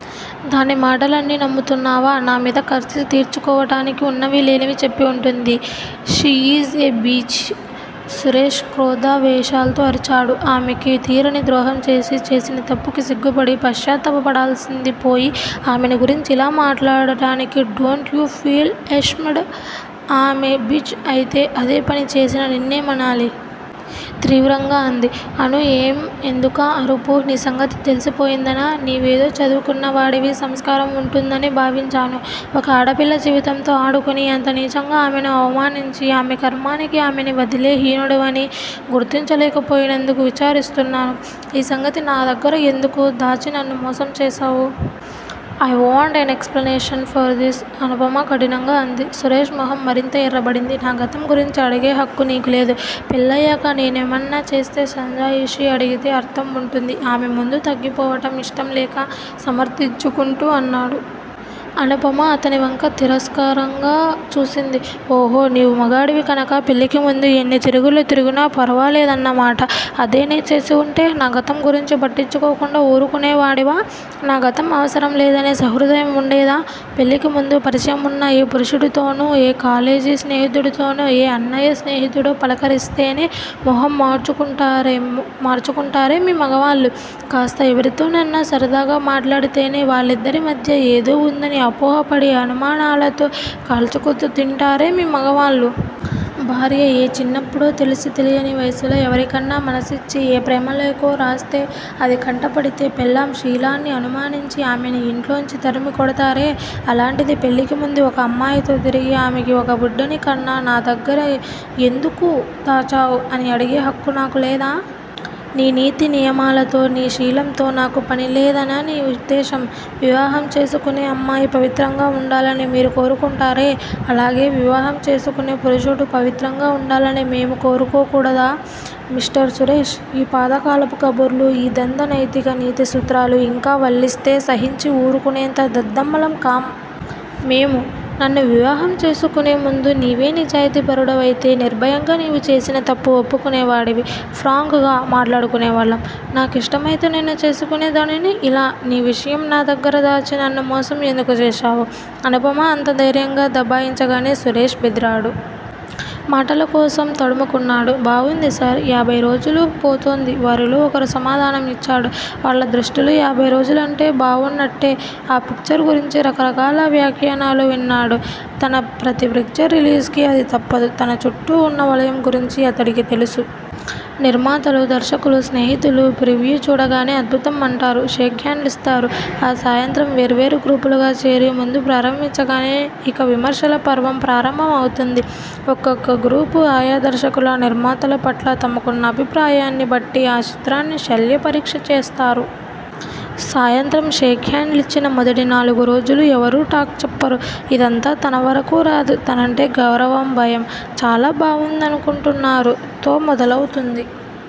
దాని మాటలన్ని నమ్ముతున్నావా? నా మీద కసి తీర్చుకోడానికి వున్నవి లేనివి చెప్పి వుంటుంది. She is a bitch ' Suresh క్రోదా వేశాల్తో అరిచాడు. ఆమెకి తీరని ద్రోహం చేసి, చేసిన తప్పుకి సిగ్గుపడి పశ్చాత్తాపపడాల్సింది పోయి ఆమెను గురించి ఇలా మాట్లాడడానికి డోంట్ యూ ఫీల్ ఏష్మ్డ్, ఆమె 'బిచ్' అయితే అదే పని చేసిన నిన్నేమనాలి? తీవ్రంగా అంది. అనూ ఏం ఎందుకా అరుపు? నీ సంగతి తెల్సిపోయిందనా! నీవేదో చదువుకున్నవాడివి సంస్కారం వుంటుందని భావించాను. ఒక ఆడపిల్ల జీవితంతో ఆడుకుని, అంత నీచంగా ఆమెను అవమానించి ఆమె ఖర్మానికి ఆమెని వదిలే హినుడవని గుర్తించలేకపోయినందుకు విచారిస్తున్నాను. ఈ సంగతి నా దగ్గర ఎందుకు దాచి నన్ను మోసం చేశావు. I want an explanation for this Anupama కఠినంగా అంది. సురేష్ మొహం మరింత ఎర్రబడింది. నా గతం గురించి అడిగే హక్కు నీకు లేదు, పెళ్ళయ్యాక నేనేమన్నా చేస్తే సంజాయిషీ అడిగితే అర్ధం వుంటుంది ఆమె ముందు తగ్గిపోవటం యిష్టంలేక సమర్ధించుకుంటు అన్నాడు. అనుపమ అతనివంక తిరస్కారంగా చూసింది. ఓహో నీవు మగాడివి కనక పెళ్ళికి ముందు ఎన్ని తిరుగుళ్ళు తిరిగినా ఫరవాలేదన్నమాట. అదే నే చేసివుంటే, నా గతం గురించి పట్టించుకోకుండా వూరుకునేవాడివా? నా గతం అవసరం లేదనే సహృదయం వుండేదా? పెళ్ళికి ముందు పరిచయమున్న ఏ పురుషుడితోనో, ఏ కాలేజి స్నేహితుడితోనో, ఏ అన్నయ్య స్నేహితుడో పలకరిస్తేనే మొహం మాడ్చుకుంటారే మీ మగవాళ్ళు, కాస్త ఎవరితోనోన్న సరదాగా మాట్లాడితేనే వాళ్ళిద్దరిమధ్య ఏదో వుందని అపోహపడి అనుమానాలతో కాల్చుకుతింటారే మీ మగవాళ్ళు. భార్య ఏ చిన్నప్పుడో తెలిసి తెలియని వయసులో ఎవరికన్నా మనసిచ్చి, ఏ ప్రేమలేఖో రాస్తే, అది కంటపడితే పెళ్ళాం శీలాన్ని అనుమానించి, ఆమెని ఇంట్లోంచి తరిమికొడతారే అలాంటిది పెళ్ళికిముందు ఒక అమ్మాయితో తిరిగి ఆమెకి ఒక బిడ్డని కన్నా నా దగ్గరి ఇది ఎందుకు దాచావు అని అడిగే హక్కు నాకు లేదా? నీ నీతి నియమాలతో, నీ శీలంతో నాకు పనిలేదనా నీ ఉద్దేశం. వివాహం చేసుకునే అమ్మాయి పవిత్రంగా వుండాలని మీరు కోరుకుంటారే, అలాగే వివాహం చేసుకునే పురుషుడు పవిత్రంగా వుండాలని మేము కోరకుడదా? మిస్టర్ సురేష్! ఈ పాతకాలపు కబుర్లు, ఈ దంద నైతిక నీతి సూత్రాలు ఇంకా వల్లిస్తే సహించి వూరుకునేంత దద్దమ్మలం కాం. మేము. నన్ను వివాహం చేసుకునే ముందు, నీవే నిజాయితీ పరుడివయితే నిర్భయంగా నీవు చేసిన తప్పు ఒప్పుకునేవాడివి. ఫ్రాంక్ గా మాట్లాడుకునేవాళ్ళం. నా కిష్టమైతే నిన్ను చేసుకునే దానిని ఇలా నీ విషయం నా దగ్గర దాచి నన్ను మోసం ఎందుకు చేశావు. అనుపమ అంత ధైర్యంగా దబాయించగానే సురేష్ బెదిరాడు. మాటలకోసం తడుముకున్నాడు. బావుంది సార్. యాభైరోజులు పోతుంది వారిలో ఒకరు సమాధానం ఇచ్చాడు. వాళ్ల దృష్టిలో యాభైరోజులంటే బావున్నట్టే. ఆ పిక్చర్ గురించి రకరకాల వ్యాఖ్యానాలు విన్నాడు. తన ప్రతి పిక్చర్ రిలీజ్ కి అది తప్పదు. తన చుట్టూ వున్న వలయం గురించి అతడికి తెలుసు. నిర్మాతలు, దర్శకులు, స్నేహితులు ప్రివ్యూ చూడగానే అద్భుతం అంటారు. షేక్ హాండ్లిస్తారు. ఆ సాయంత్రం వేర్వేరు గ్రూపులుగా చేరి మందు ప్రారంభించగానే ఇక విమర్శల పర్వం ప్రారంభమవుతుంది. ఒక్కొక్క గ్రూపు- ఆయా దర్శకుల, నిర్మాతలు పట్ల తమకున్న అభిప్రాయాన్ని బట్టి ఆ చిత్రాన్ని శల్య పరీక్ష చేస్తారు. సాయంత్రం షేక్ హాండ్లిచ్చిన మొదటి నాలుగు రోజులూ ఎవరూ టాక్ చెప్పరు. ఇదంతా తనవరకూ రాదు. తనంటే గౌరవం, భయం. చాలా బావుందనుకుంటున్నారు తో మొదలవుతుంది.